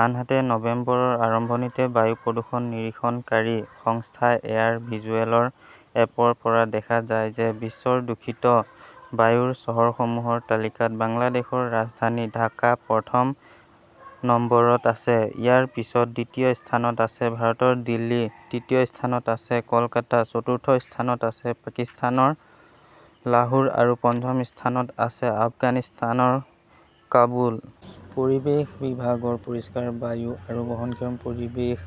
আনহাতে নৱেম্বৰৰ আৰম্ভণিতে বায়ু প্ৰদূষণ নিৰীক্ষণকাৰী সংস্থা এয়াৰ ভিজুৱেলৰ এপৰ পৰা দেখা যায় যে বিশ্বৰ দূষিত বায়ুৰ চহৰসমূহৰ তালিকাত বাংলাদেশৰ ৰাজধানী ঢাকা প্ৰথম নম্বৰত আছে। ইয়াৰ পিছত দ্বিতীয় স্থানত আছে ভাৰতৰ দিল্লী তৃতীয় স্থানত আছে কলকাতা চতুৰ্থ স্থানত আছে পাকিস্তানৰ লাহোৰ আৰু পঞ্চম স্থানত আছে আফগানিস্তানৰ কাবুল। পৰিৱেশ বিভাগৰ পৰিষ্কাৰ বায়ু আৰু বহনক্ষম পৰিৱেশ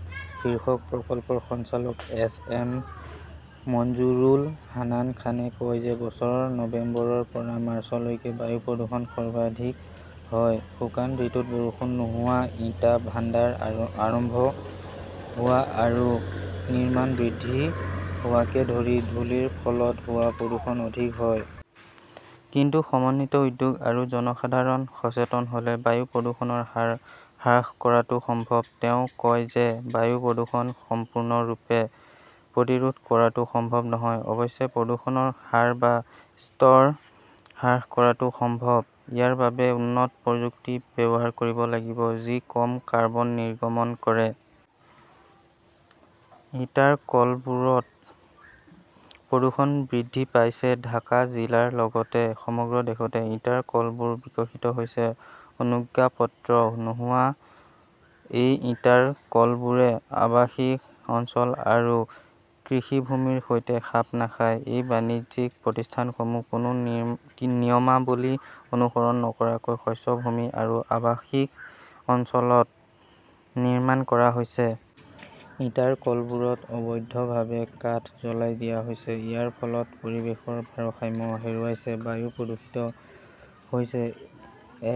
শীৰ্ষক প্ৰকল্পৰ সঞ্চালক এছ এম মঞ্জুৰুল হান্নান খানে কয় যে বছৰৰ নৱেম্বৰৰ পৰা মাৰ্চলৈকে বায়ু প্ৰদূষণ সৰ্বাধিক হয়। শুকান ঋতুত বৰষুণ নোহোৱা ইটা ভাণ্ডাৰ আৰম্ভ হোৱা আৰু নিৰ্মাণ বৃদ্ধি হোৱাকে ধৰি ধূলিৰ ফলত হোৱা প্ৰদূষণ অধিক হয়। কিন্তু সমন্বিত উদ্যোগ আৰু জনসাধাৰণ সচেতন হ'লে বায়ু প্ৰদূষণৰ হাৰ হ্ৰাস কৰাটো সম্ভৱ। তেওঁ কয় যে বায়ু প্ৰদূষণ সম্পূৰ্ণৰূপে প্ৰতিৰোধ কৰাটো সম্ভৱ নহয়। অৱশ্যে প্ৰদূষণৰ হাৰ বা স্তৰ হ্ৰাস কৰাটো সম্ভৱ। ইয়াৰ বাবে উন্নত প্ৰযুক্তি ব্যৱহাৰ কৰিব লাগিব যি কম কাৰ্বন নিৰ্গমন কৰে। ইটাৰ কলবোৰত প্ৰদূষণ বৃদ্ধি পাইছে ঢাকা জিলাৰ লগতে সমগ্ৰ দেশতে ইটাৰ কলবোৰ বিকশিত হৈছে। অনুজ্ঞাপত্ৰ নোহোৱা এই ইটাৰ কলবোৰে আৱাসিক অঞ্চল আৰু কৃষি ভূমিৰ সৈতে খাপ নাখায়। এই বাণিজ্যিক প্ৰতিষ্ঠানসমূহ কোনো নিয়মাৱলী অনুসৰণ নকৰাকৈ শস্য ভূমি আৰু আৱাসিক অঞ্চলত নিৰ্মাণ কৰা হৈছে। ইটাৰ কলবোৰত অবৈধভাৱে কাঠ জ্বলাই দিয়া হৈছে। ইয়াৰ ফলত পৰিৱেশৰ ভাৰসাম্য হেৰুৱাইছে বায়ু প্ৰদূষিত হৈছে।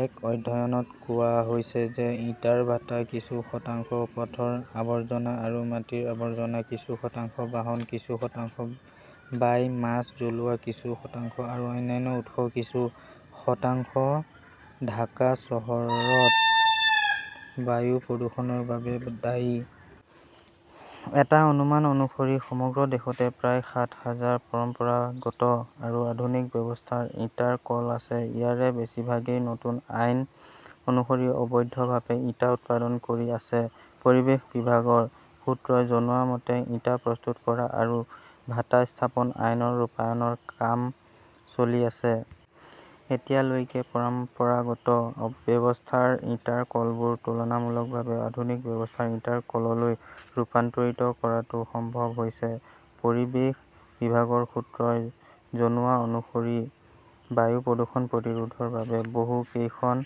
এক অধ্যয়নত কোৱা হৈছে যে ইটাৰ ভাটা কিছু শতাংশ পথৰ আৱৰ্জনা আৰু মাটিৰ আৱৰ্জনা কিছু শতাংশ বাহন কিছু শতাংশ বায় মাছ জ্বলোৱা কিছু শতাংশ আৰু অন্যান্য উৎস কিছু শতাংশ ঢাকা চহৰত বায়ু প্ৰদূষণৰ বাবে দায়ী। এটা অনুমান অনুসৰি সমগ্ৰ দেশতে প্ৰায় সাত হাজাৰ পৰম্পৰাগত আৰু আধুনিক ব্যৱস্থাৰ ইটাৰ কল আছে। ইয়াৰে বেছিভাগেই নতুন আইন অনুসৰি অবৈধভাৱে ইটা উৎপাদন কৰি আছে। পৰিৱেশ বিভাগৰ সূত্ৰই জনোৱা মতে ইটা প্ৰস্তুত কৰা আৰু ভাটা স্থাপন আইনৰ ৰূপায়ণৰ কাম চলি আছে। এতিয়ালৈকে পৰম্পৰাগত ব্যৱস্থাৰ ইটাৰ কলবোৰ তুলনামূলকভাৱে আধুনিক ব্যৱস্থাৰ ইটাৰ কললৈ ৰূপান্তৰিত কৰাটো সম্ভৱ হৈছে। পৰিৱেশ বিভাগৰ সূত্ৰই জনোৱা অনুসৰি বায়ু প্ৰদূষণ প্ৰতিৰোধৰ বাবে বহু কেইখন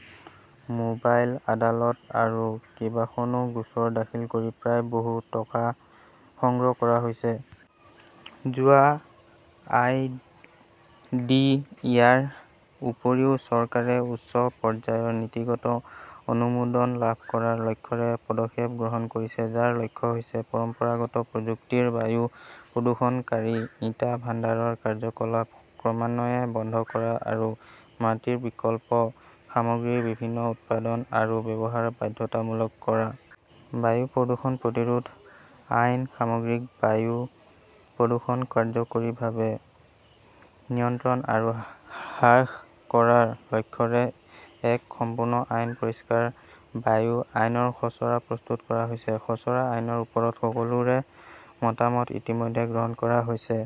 মোবাইল আদালত আৰু কেইবাখনো গোচৰ দাখিল কৰি প্ৰায় বহু টকা সংগ্ৰহ কৰা হৈছে। যোৱা আই ডি ইয়াৰ উপৰিও চৰকাৰে উচ্চ পৰ্যায়ৰ নীতিগত অনুমোদন লাভ কৰাৰ লক্ষ্যৰে পদক্ষেপ গ্ৰহণ কৰিছে যাৰ লক্ষ্য হৈছে পৰম্পৰাগত প্ৰযুক্তিৰ বায়ু প্ৰদূষণকাৰী ইটা ভাণ্ডাৰৰ কাৰ্যকলাপ ক্ৰমান্বয়ে বন্ধ কৰা আৰু মাটিৰ বিকল্প সামগ্ৰীৰ বিভিন্ন উৎপাদন আৰু ব্যৱহাৰ বাধ্যতামূলক কৰা। বায়ু প্ৰদূষণ প্ৰতিৰোধ আইন সামগ্ৰিক বায়ু প্ৰদূষণ কাৰ্যকৰীভাৱে নিয়ন্ত্ৰণ আৰু হ্ৰাস কৰাৰ লক্ষ্যৰে এক সম্পূৰ্ণ আইন পৰিষ্কাৰ বায়ু আইনৰ খচৰা প্ৰস্তুত কৰা হৈছে। খচৰা আইনৰ ওপৰত সকলোৰে মতামত ইতিমধ্যে গ্ৰহণ কৰা হৈছে।